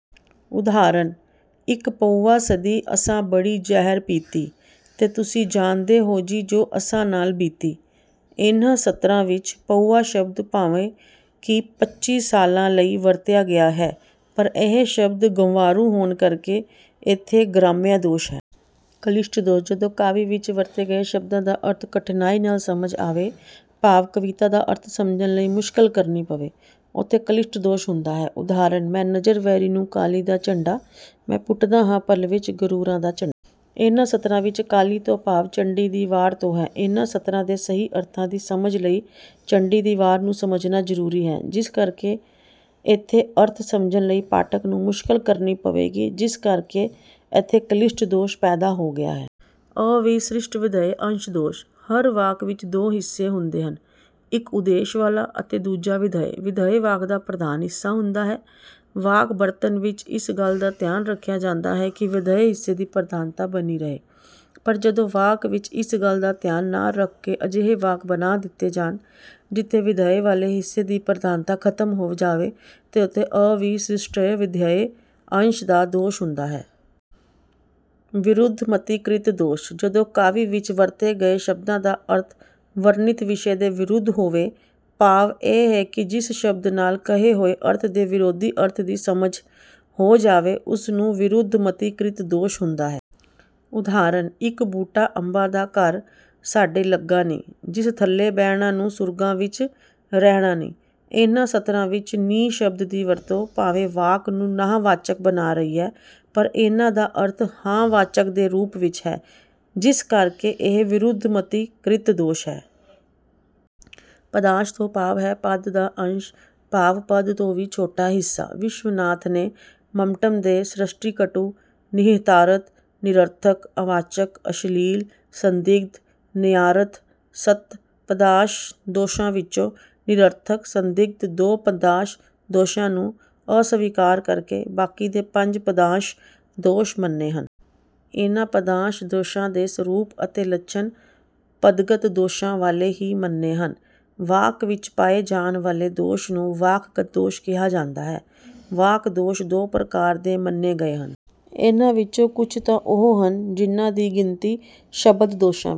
ਉਦਾਹਰਣ- ਇੱਕ ਪਊਆ ਸਦੀ ਅਸਾਂ ਬੜੀ ਜ਼ਹਿਰ ਪੀਤੀ, ਤੇ ਤੁਸੀਂ ਜਾਣਦੇ ਹੋ ਜੋ ਅਸਾਂ ਨਾਲ ਬੀਤੀ। ਇਨ੍ਹਾਂ ਸਤਰਾਂ ਵਿੱਚ 'ਪਊਆ' ਸ਼ਬਦ ਭਾਵੇਂ ਕਿ 'ਪੱਚੀ ਸਾਲਾਂ' ਲਈ ਵਰਤਿਆ ਗਿਆ ਹੈ ਪਰ ਇਹ ਸ਼ਬਦ ਗੰਵਾਰੂ ਹੋਣ ਕਰਕੇ ਇਥੇ ਗ੍ਰਾਮਯ ਦੋਸ਼ ਹੈ। ਕਲਿਸ਼ਟ ਦੋਸ਼: ਜਦੋਂ ਕਾਵਿ ਵਿੱਚ ਵਰਤੇ ਗਏ ਸ਼ਬਦਾਂ ਦਾ ਅਰਥ ਕਠਿਨਾਈ ਨਾਲ ਸਮਝ ਆਵੇ ਭਾਵ ਕਵਿਤਾ ਦਾ ਅਰਥ ਸਮਝਣ ਲਈ ਮੁਸ਼ਕਲ ਕਰਨੀ ਪਵੇ, ਉਥੇ ਕਲਿਸ਼ਟ ਦੋਸ਼ ਹੁੰਦਾ ਹੈ। ਉਦਾਹਰਣ- ਮੇਰੀ ਨਜ਼ਰ ਵੈਰੀ ਨੂੰ ਕਾਲੀ ਦਾ ਝੰਡਾ, ਮੈਂ ਪੁੱਟਦਾ ਹਾਂ ਪਲ ਵਿੱਚ ਗ਼ਰੂਰਾਂ ਦਾ ਝੰਡਾ। ਇਨ੍ਹਾਂ ਸਤਰਾਂ ਵਿੱਚ 'ਕਾਲੀ' ਤੋਂ ਭਾਵ 'ਚੰਡੀ ਦੀ ਵਾਰ' ਤੋਂ ਹੈ। ਇਨ੍ਹਾਂ ਸਤਰਾਂ ਦੇ ਸਹੀ ਅਰਥਾਂ ਦੀ ਸਮਝ ਲਈ ਚੰਡੀ ਦੀ ਵਾਰ ਨੂੰ ਸਮਝਣਾ ਜ਼ਰੂਰੀ ਹੈ ਜਿਸ ਕਰਕੇ ਇਥੇ ਅਰਥ ਸਮਝਣ ਲਈ ਪਾਠਕ ਨੂੰ ਮੁਸ਼ਕਲ ਕਰਨੀ ਪਵੇਗੀ, ਜਿਸ ਕਰਕੇ ਇਥੇ ਕਲਿਸ਼ਟ ਦੋਸ਼ ਪੈਦਾ ਹੋ ਗਿਆ ਹੈ। ਅਵਿਸ੍ਰਿਸ਼ਟਵਿਧੇਯ ਅੰਸ਼ ਦੋਸ਼: ਹਰ ਵਾਕ ਵਿੱਚ ਦੋ ਹਿੱਸੇ ਹੁੰਦੇ ਹਨ- ਇੱਕ ਉਦੇਸ਼ ਵਾਲਾ ਅਤੇ ਦੂਜਾ ਵਿਧੇਯ। ਵਿਧੇਯ ਵਾਕ ਦਾ ਪ੍ਰਧਾਨ ਹਿੱਸਾ ਹੁੰਦਾ ਹੈ। ਵਾਕ ਬਣਤਰ ਵਿੱਚ ਇਸ ਗੱਲ ਦਾ ਧਿਆਨ ਰੱਖਿਆ ਜਾਂਦਾ ਹੈ ਕਿ ਵਿਧੇਯ ਹਿੱਸੇ ਦੀ ਪ੍ਰਧਾਨਤਾ ਬਣੀ ਰਹੇ, ਪਰ ਜਦੋਂ ਵਾਕ ਵਿੱਚ ਇਸ ਗੱਲ ਦਾ ਧਿਆਨ ਨਾ ਰੱਖ ਕੇ ਅਜਿਹੇ ਵਾਕ ਬਣਾ ਦਿੱਤੇ ਜਾਣ ਜਿਥੇ ਵਿਧੇਯ ਵਾਲੇ ਹਿੱਸੇ ਦੀ ਪ੍ਰਧਾਨਤਾ ਖ਼ਤਮ ਹੋ ਜਾਵੇ ਤਾਂ ਉਥੇ ਅਵਿਸ੍ਰਿਸ਼ਟਵਿਧੇਯ ਅੰਸ਼ ਦੋਸ਼ ਹੁੰਦਾ ਹੈ। ਵਿਰੁੱਧਮਤੀਕ੍ਰਿਤ ਦੋਸ਼: ਜਦੋਂ ਕਾਵਿ ਵਿੱਚ ਵਰਤੇ ਗਏ ਸ਼ਬਦਾਂ ਦਾ ਅਰਥ ਵਰਣਿਤ ਵਿਸ਼ੇ ਦੇ ਵਿਰੁੱਧ ਹੋਵੇ ਭਾਵ ਇਹ ਕਿ ਜਿਸ ਸ਼ਬਦ ਨਾਲ ਕਹੇ ਹੋਏ ਅਰਥ ਦੇ ਵਿਰੋਧੀ ਅਰਥ ਦੀ ਸਮਝ ਹੋ ਜਾਵੇ ਉਹ ਵਿਰੁੱਧਮਤੀਕ੍ਰਿਤ ਦੋਸ਼ ਹੁੰਦਾ ਹੈ। ਉਦਾਹਰਣ- ਇਕ ਬੂਟਾ ਅੰਬਾ ਦਾ ਘਰ ਸਾਡੇ ਲਗਾ ਨੀ ਜਿਸ ਥਲੇ ਬਹਿਣਾ ਨੀ ਸੁਰਗਾ ਵਿੱਚ ਰਹਿਣਾ ਨੀ। ਇਨ੍ਹਾਂ ਸਤਰਾਂ ਵਿੱਚ 'ਨੀ' ਸ਼ਬਦ ਦੀ ਵਰਤੋਂ ਭਾਵੇਂ ਵਾਕ ਨੂੰ ਨਾਂਹ ਵਾਚਕ ਬਣਾ ਰਹੀ ਹੈ। ਪਰ ਇਨ੍ਹਾਂ ਦਾ ਅਰਥ ਹਾਂ-ਵਾਚਕ ਦੇ ਰੂਪ ਵਿੱਚ ਹੈ ਜਿਸ ਕਰਕੇ ਇਥੇ ਵਿਰੁੱਧਮਤੀਕ੍ਰਿਤ ਦੋਸ਼ ਹੈ। ਪਦਾਂਸ਼ ਤੋਂ ਭਾਵ ਹੈ ਪਦ ਦਾ ਅੰਸ਼ ਭਾਵ ਪਦ ਤੋਂ ਵੀ ਛੋਟਾ ਹਿੱਸਾ। ਵਿਸ਼ਵਨਾਥ ਨੇ ਮੰਮਟ ਦੇ ਸ਼੍ਰਤੀਕਟੁ, ਨਿਹਿਤਾਰਥ, ਨਿਰਰਥਕ, ਅਵਾਚਕ, ਅਸ਼ਲੀਲ, ਸੰਦਿਗਧ, ਨੇਯਾਰਥ- ਸੱਤ ਪਦਾਂਸ਼ ਦੋਸ਼ਾਂ ਵਿੱਚੋਂ ਨਿਰਰਥਕ, ਸੰਦਿਗਧ ਦੋ ਪਦਾਂਸ਼ ਦੋਸ਼ਾਂ ਨੂੰ ਅਸਵੀਕਾਰ ਕਰਕੇ ਬਾਕੀ ਦੇ ਪੰਜ 'ਪਦਾਂਸ਼ ਦੋਸ਼' ਮੰਨੇ ਹਨ। ਇਨ੍ਹਾਂ ਪਦਾਂਸ਼ ਦੋਸ਼ਾਂ ਦੇ ਸਰੂਪ ਅਤੇ ਲੱਛਣ ਪਦਗਤ ਦੋਸ਼ਾਂ ਵਾਲੇ ਹੀ ਮੰਨੇ ਹਨ। ਵਾਕ ਵਿੱਚ ਪਾਏ ਜਾਣ ਵਾਲੇ ਦੋਸ਼ ਨੂੰ ਵਾਕਗਤ ਦੋਸ਼ ਕਿਹਾ ਜਾਂਦਾ ਹੈ। ਵਾਕ ਦੋਸ਼ ਦੋ ਪ੍ਰਕਾਰ ਦੇ ਮੰਨੇ ਗਏ ਹਨ- ਇਨ੍ਹਾਂ ਵਿੱਚੋਂ ਕੁੱਝ ਤਾਂ ਉਹ ਹਨ ਜਿਨ੍ਹਾਂ ਦੀ ਗਿਣਤੀ ਸ਼ਬਦ ਦੋਸ਼ਾਂ ਵਿੱਚ